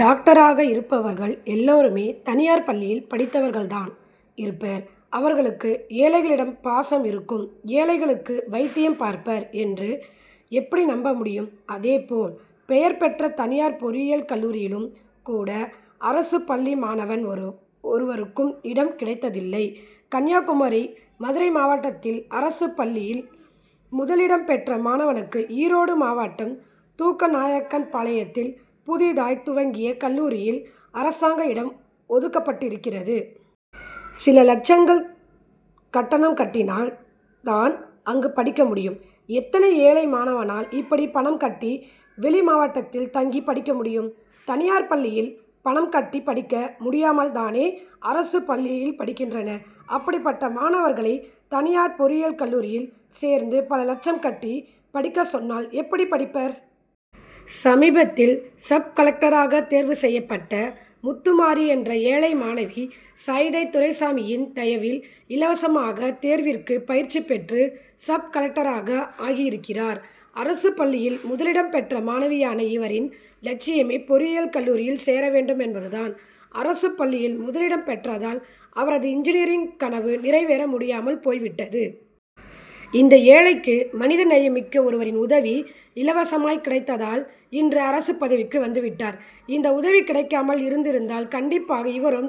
டாக்டராக இருப்பவர்கள் எல்லாருமே, தனியார் பள்ளியில் படித்தவர்களாகத்தான் இருப்பர். அவர்களுக்கு ஏழைகளிடம் பாசம் இருக்கும், ஏழைகளுக்கு வைத்தியம் பார்ப்பர் என்று எப்படி நம்ப முடியும்? அதே போல், பெயர் பெற்ற தனியார் பொறியியல் கல்லூரியிலும் கூட, அரசுப் பள்ளி மாணவன் ஒருவருக்கும் இடம் கிடைத்ததில்லை. கன்னியாகுமரி, மதுரை மாவட்டத்தில், அரசுப் பள்ளியில் முதலிடம் பெற்ற மாணவனுக்கு, ஈரோடு மாவட்டம் தூக்க நாயக்கன்பாளையத்தில் புதிதாய் துவங்கிய கல்லூரியில் அரசாங்க இடம் ஒதுக்கப்படுகிறது. சில லட்சங்கள் கட்டணம் கட்டினால் தான், அங்கு படிக்க முடியும். எத்தனை ஏழை மாணவனால் இப்படி பணம் கட்டி, வெளி மாவட்டத்தில் தங்கி படிக்க முடியும்? தனியார் பள்ளியில் பணம் கட்டி படிக்க முடியாமல் தானே, அரசு பள்ளியில் படிக்கின்றனர். அப்படிப்பட்ட மாணவர்களை தனியார் பொறியியல் கல்லூரியில் சேர்ந்து, பல லட்சம் கட்டி படிக்கச் சொன்னால் எப்படி படிப்பர்? சமீபத்தில், சப்-கலெக்டராக தேர்வு செய்யப்பட்ட முத்துமாரி என்ற ஏழை மாணவி, சைதை துரைசாமியின் தயவில், இலவசமாக தேர்விற்கு பயிற்சி பெற்று சப்-கலெக்டராக ஆகியிருக்கிறார். அரசுப் பள்ளியில் முதலிடம் பெற்ற மாணவியான இவரின் லட்சியமே பொறியியல் கல்லூரியில் சேர வேண்டும் என்பது தான். அரசுப் பள்ளியில் முதலிடம் பெற்றதால், அவரது இன்ஜினியரிங் கனவு நிறைவேற முடியாமல் போய்விட்டது. இந்த ஏழைக்கு, மனித நேயம் மிக்க ஒருவரின் உதவி இலவசமாய் கிடைத்ததால், இன்று அரசுப் பதவிக்கு வந்துவிட்டார். இந்த உதவி கிடைக்காமல் இருந்திருந்தால் கண்டிப்பாக இவரும்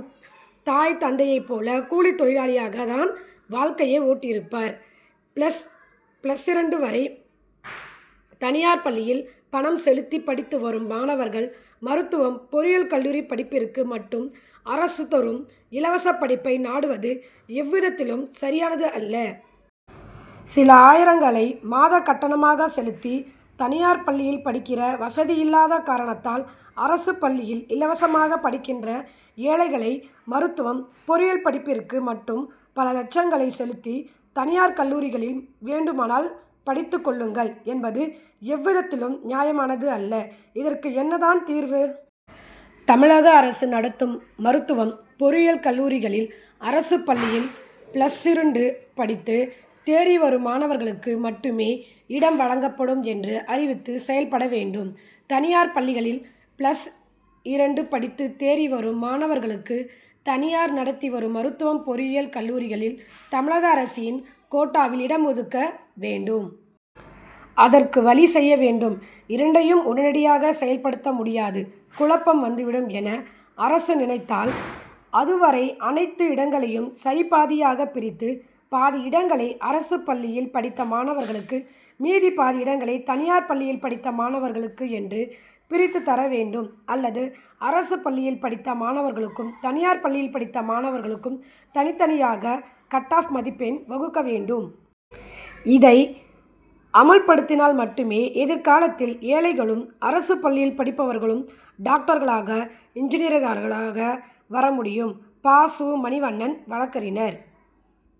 தாய், தந்தையைப் போல, கூலித் தொழிலாளியாகத் தான் வாழ்க்கையை ஓட்டியிருப்பர். பிளஸ் இரண்டு வரை தனியார் பள்ளியில் பணம் செலுத்தி படித்து வரும் மாணவர்கள், மருத்துவம், பொறியியல் கல்லூரி படிப்பிற்கு மட்டும், அரசு தரும் இலவச படிப்பை நாடுவது எவ்விதத்திலும் சரியானது அல்ல. சில ஆயிரங்களை மாதக் கட்டணமாக செலுத்தி, தனியார் பள்ளியில் படிக்கிற வசதி இல்லாத காரணத்தால் அரசுப் பள்ளியில் இலவசமாக படிக்கிற ஏழைகளை மருத்துவம், பொறியியல் படிப்பிற்கு மட்டும், பல லட்சங்களை செலுத்தி, தனியார் கல்லூரிகளில் வேண்டுமானால் படித்துக் கொள்ளுங்கள் என்பது எவ்விதத்திலும் நியாயமானது அல்ல. இதற்கு என்ன தான் தீர்வு? தமிழக அரசு நடத்தும் மருத்துவம், பொறியியல் கல்லூரிகளில் அரசுப் பள்ளியில் பிளஸ் இரண்டு படித்து தேறி வரும் மாணவர்களுக்கு மட்டுமே இடம் வழங்கப்படும் என்று அறிவித்து செயல்பட வேண்டும். தனியார் பள்ளிகளில் பிளஸ் இரண்டு படித்து தேறி வரும் மாணவர்களுக்கு தனியார் நடத்தி வரும் மருத்துவம், பொறியியல் கல்லூரிகளில், தமிழக அரசின் கோட்டாவில் இடம் ஒதுக்க வேண்டும். அதற்கு வழி செய்ய வேண்டும். இரண்டையும் உடனடியாக செயல்படுத்த முடியாது. குழப்பம் வந்துவிடும் என அரசு நினனத்தால், அதுவரை, அனைத்து இடங்களையும் சரிபாதியாக பிரித்து, பாதி இடங்களை அரசுப் பள்ளியில் படித்த மாணவர்களுக்கு, மீதிப் பாதி இடங்களை தனியார் பள்ளியில் படித்த மாணவர்களுக்கு என்று பிரித்து தர வேண்டும் அல்லது அரசுப் பள்ளியில் படித்த மாணவர்களுக்கும், தனியார் பள்ளியில் படித்த மாணவர்களுக்கும் தனித்தனியாக கட்-ஆப் மதிப்பெண் வகுக்க வேண்டும். இதை அமல்படுத்தினால் மட்டுமே, எதிர்காலத்தில் ஏழைகளும், அரசுப் பள்ளியில் படிப்பவர்களும், டாக்டர்களாய், இன்ஜினியர்களாய் வர முடியும். பா. சு. மணிவண்ணன்- வழக்கறிஞர்